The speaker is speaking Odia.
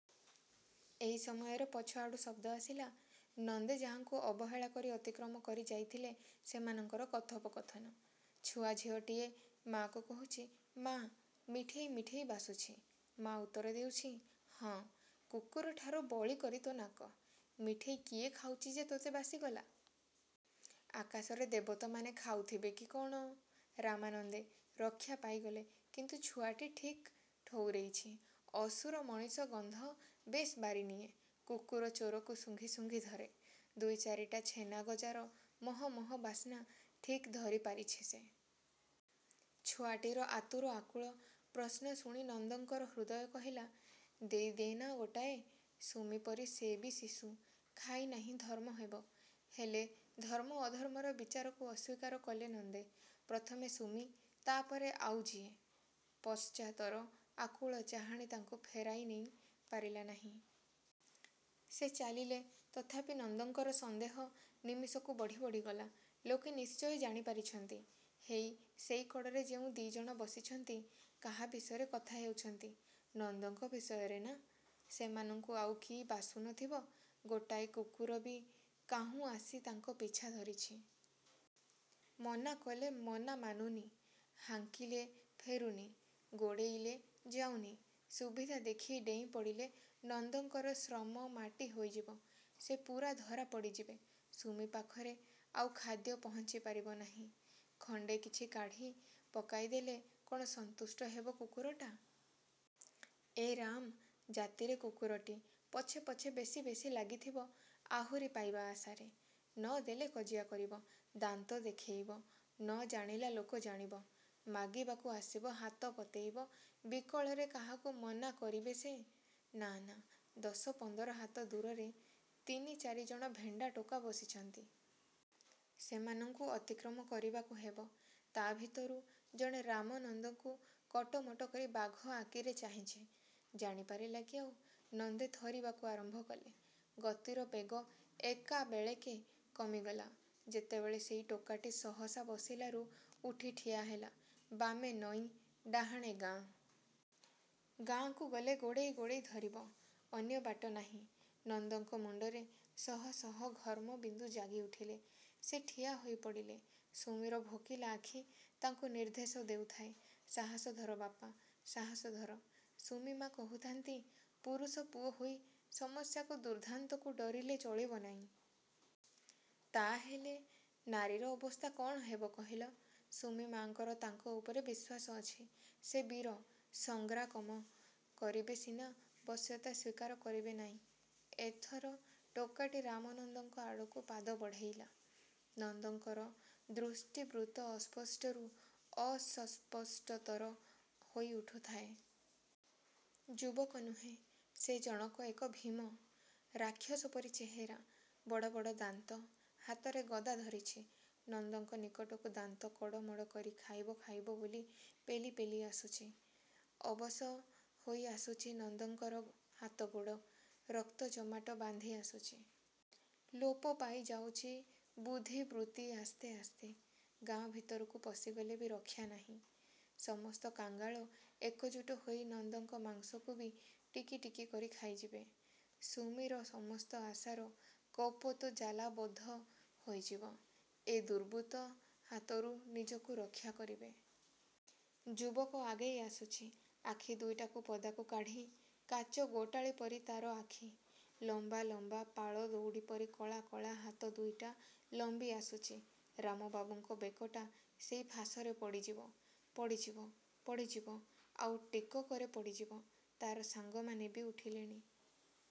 ଏଇ ସମୟରେ ପଛଆଡ଼ୁ ଶବ୍ଦ ଆସିଲା। ନନ୍ଦେ ଯାହାଙ୍କୁ ଅବହେଳା କରି ଅତିକ୍ରମ କରି ଯାଇଥିଲେ ସେମାନଙ୍କର କଥୋପକଥନ। ଛୁଆ ଝିଅଟିଏ ମା'କୁ କହୁଚି–'ମା' ମିଠେଇ ମିଠେଇ ବାସୁଚି। ' ମା' ଉତ୍ତର ଦେଉଚି–'ହଁ, କୁକରଠାରୁ ବଳି କରି ତୋ ନାକ। ମିଠେଇ କିଏ ଖାଉଚି ଯେ ତୋତେ ବାସିଗଲା। ଆକାଶରେ ଦେବତାମାନେ ଖାଉଥିବେ କି କ'ଣ? ' ରାମାନନ୍ଦେ। ରକ୍ଷା ପାଇଗଲେ। କିନ୍ତୁ ଛୁଆଟି ଠିକ୍ ଠଉରେଇଚି। ଅସୁର ମଣିଷ ଗନ୍ଧ ବେଶ୍ ବାରି ନିଏ। କୁକୁର ଚୋରକୁ ଶୁଙ୍ଘି ଶୁଙ୍ଘି ଧରେ। ଦୁଇ ଚାରିଟା ଛେନାଗଜାର ମହ ମହ ବାସ୍ନା ଠିକ୍ ଧରି ପାରିଛି ସେ। ଛୁଆଟିର ଆତୁର ଆକୁଳ ପ୍ରଶ୍ନ ଶୁଣି ନନ୍ଦଙ୍କର ହୃଦୟ କହିଲା–ଦେଇ ଦେନା ଗୋଟାଏ। ସୁମି ପରି ସେ ବି ଶିଶୁ। ଖାଇ ନାହିଁ ଧର୍ମ ହେବ। ହେଲେ, ଧର୍ମ ଅଧର୍ମର ବିଚାରକୁ ଅସ୍ୱୀକାର କଲେ ନନ୍ଦେ। ପ୍ରଥମେ ସୁମି, ତା'ପରେ ଆଉ ଯିଏ। ପଶ୍ଚାତର ଆକୁଳ ଚାହାଣି ତାଙ୍କୁ ଫେରାଇ ନେଇ ପାରିଲା ନାଇଁ। ସେ ଚାଲିଲେ। ତଥାପି, ନନ୍ଦଙ୍କର ସନ୍ଦେହ ନିମିଷକୁ ବଢ଼ି ବଢ଼ି ଗଲା। ଲୋକେ ନିଶ୍ଚୟ ଜାଣି ପାରିଛନ୍ତି-। ହେଇ, ସେଇକଡ଼ରେ ଯେଉଁ ଦି'ଜଣ ବସିଛନ୍ତି–କାହା ବିଷୟରେ କଥା ହେଉଛନ୍ତି; ନନ୍ଦଙ୍କ ବିଷୟରେ ନା? ସେମାନଙ୍କୁ ଆଉ କି ବାସୁ ନ ଥିବ? ଗୋଟାଏ କୁକୁର ବି କାହୁଁ ଆସି ତାଙ୍କ ପିଛା ଧରିଛି। ମନା କଲେ ମନା ମାନୁନି, ହାଙ୍କିଲେ ଫେରୁନି, ଗୋଡ଼େଇଲେ ଯାଉନି। ସୁବିଧା ଦେଖି ଡେଇଁ ପଡ଼ିଲେ ନନ୍ଦଙ୍କର ଶ୍ରମ ମାଟି ହୋଇଯିବ। ସେ ପୂରା ଧରା ପଡ଼ିଯିବେ। ସୁମି ପାଖରେ ଆଉ ଖାଦ୍ୟ ପହଞ୍ଚିପାରିବ ନାହିଁ। ଖଣ୍ଡେ କିଛି କାଢ଼ି ପକାଇଦେଲେ କ'ଣ ସନ୍ତୁଷ୍ଟ ହେବ କୁକୁରଟା-? ଏ ରାମ୍, ଜାତିରେ କୁକରଟି। ପଛେ ପଛେ ବେଶି ବେଶି ଲାଗିଥିବ ଆହୁରି ପାଇବା ଆଶାରେ। ନ ଦେଲେ କଜିଆ କରିବ, ଦାନ୍ତ ଦେଖେଇବ। ନ ଜାଣିଲା ଲୋକ ଜାଣିବ। ମାଗିବାକୁ ଆସିବ ହାତ ପତେଇବ ବିକଳରେ କାହାକୁ ମନା କରିବେ ସେ? ନାଃ ନାଃ ଦଶ ପନ୍ଦର ହାତ ଦୂରରେ ତିନି ଚାରିଜଣ ଭେଣ୍ଡା ଟୋକା ବସିଛନ୍ତି। ସେମାନଙ୍କୁ ଅତିକ୍ରମ କରିବାକୁ ହେବ। ତା ଭିତରୁ ଜଣେ ରାମନନ୍ଦଙ୍କୁ କଟମଟ କରି ବାଘ ଆକିରେ ଚାହିଁଚି। ଜାଣିପାରିଲା କି ଆଉ? ନନ୍ଦେ ଥରିବାକୁ ଆରମ୍ଭ କଲେ। ଗତିର ବେଗ ଏକାବେଳେକେ କମିଗଲା ଯେତେବେଳେ ସେଇ ଟୋକାଟି ସହସା ବସିଲାରୁ ଉଠି ଠିଆ ହେଲା। ବାମେ ନଈ, ଡାହାଣେ ଗାଁ। ଗାଁକୁ ଗଲେ ଗୋଡ଼େଇ ଗୋଡ଼େଇ ଧରିବ। ଅନ୍ୟ ବାଟ ନାହିଁ। ନନ୍ଦଙ୍କ ମୁଣ୍ଡରେ ଶହ ଶହ ଘର୍ମ ବିନ୍ଦୁ ଜାଗି ଉଠିଲେ। ସେ ଠିଆ ହୋଇ ପଡ଼ିଲେ। ସୁମିର ଭୋକିଲା ଆଖି ତାଙ୍କୁ ନିର୍ଦ୍ଦେଶ ଦେଉଥାଏ–ସାହସ ଧର ବାପା, ସାହସ ଧର। ସୁମି ମା କହୁଥାନ୍ତି–ପୁରୁଷପୁଅ ହୋଇ ସମସ୍ୟାକୁ, ଦୁର୍ଦ୍ଦାନ୍ତକୁ ଡରିଲେ ଚଳିବ ନାଇଁ। ତା ହେଲେ ନାରୀର ଅବସ୍ଥା କଣ ହେବ କହିଲ। ସୁମି-ମାଙ୍କର ତାଙ୍କ ଉପରେ ବିଶ୍ୱାସ ଅଛି। ସେ ବୀର, ସଂଗ୍ରାକମ କରିବେ ସିନା ବଶ୍ୟତା ସ୍ୱୀକାର କରିବେ ନାଇଁ। ଏଥର ଟୋକାଟି ରାମନନ୍ଦଙ୍କ ଆଡ଼କୁ ପାଦ ବଢ଼େଇଲା। ନନ୍ଦଙ୍କର ଦୃଷ୍ଟି ବୃତ୍ତ ଅସ୍ପଷ୍ଟରୁ ଅସସ୍ପଷ୍ଟତର ହୋଇ ଉଠୁଥାଏ। ଯୁବକ ନୁହେଁ, ସେ ଜଣକ ଏକ ଭୀମ। ରାକ୍ଷସ ପରି ଚେହେରା। ବଡ଼ ବଡ଼ ଦାନ୍ତ। ହାତରେ ଗଦା ଧରିଛି। ନନ୍ଦଙ୍କ ନିକଟକୁ ଦାନ୍ତ କଡ଼ମଡ଼ କରି ଖାଇବ ଖାଇବ ବୋଲି ପେଲି ପେଲି ଆସୁଚି। ଅବଶ ହୋଇ ଆସୁଚି ନନ୍ଦଙ୍କର ହାତ ଗୋଡ଼। ରକ୍ତ ଜମାଟ ବାନ୍ଧି ଆସୁଚି। ଲୋପ ପାଇ ଯାଉଚି ବୁଦ୍ଧିବୃତ୍ତି ଆସ୍ତେ ଆସ୍ତେ। ଗାଁ ଭିତରକୁ ପଶିଗଲେ ବି ରକ୍ଷା ନାହିଁ। ସମସ୍ତ କାଙ୍ଗାଳ ଏକଜୁଟ ହୋଇ ନନ୍ଦଙ୍କ ମାଂସକୁ ବି ଟିକି ଟିକି କରି ଖାଇଯିବେ। ସୁମିର ସମସ୍ତ ଆଶାର କପୋତ ଜାଲାବଦ୍ଧ ହୋଇଯିବ। ଏଇ ଦୁର୍ବୃତ୍ତ ହାତରୁ ନିଜକୁ ରକ୍ଷା କରିବେ। ଯୁବକ ଆଗେଇ ଆସୁଚି। ଆଖି ଦୁଇଟାକୁ ପଦାକୁ କାଢ଼ି, କାଚ ଗୋଟାଳି ପରି ତାର ଆଖି। ଲମ୍ବା ଲମ୍ବା ପାଳ ଦଉଡ଼ି ପରି କଳା କଳା ହାତ ଦୁଇଟା ଲମ୍ବି ଆସୁଚି। ରାମବାବୁଙ୍କ ବେକଟା ସେଇ ଫାଶରେ ପଡ଼ିଯିବ–ପଡ଼ିଯିବ–ପଡ଼ିଯିବ–ଆଉ ଟିକକରେ ପଡ଼ିଯିବ। ତାର ସାଙ୍ଗମାନେ ବି ଉଠିଲେଣି।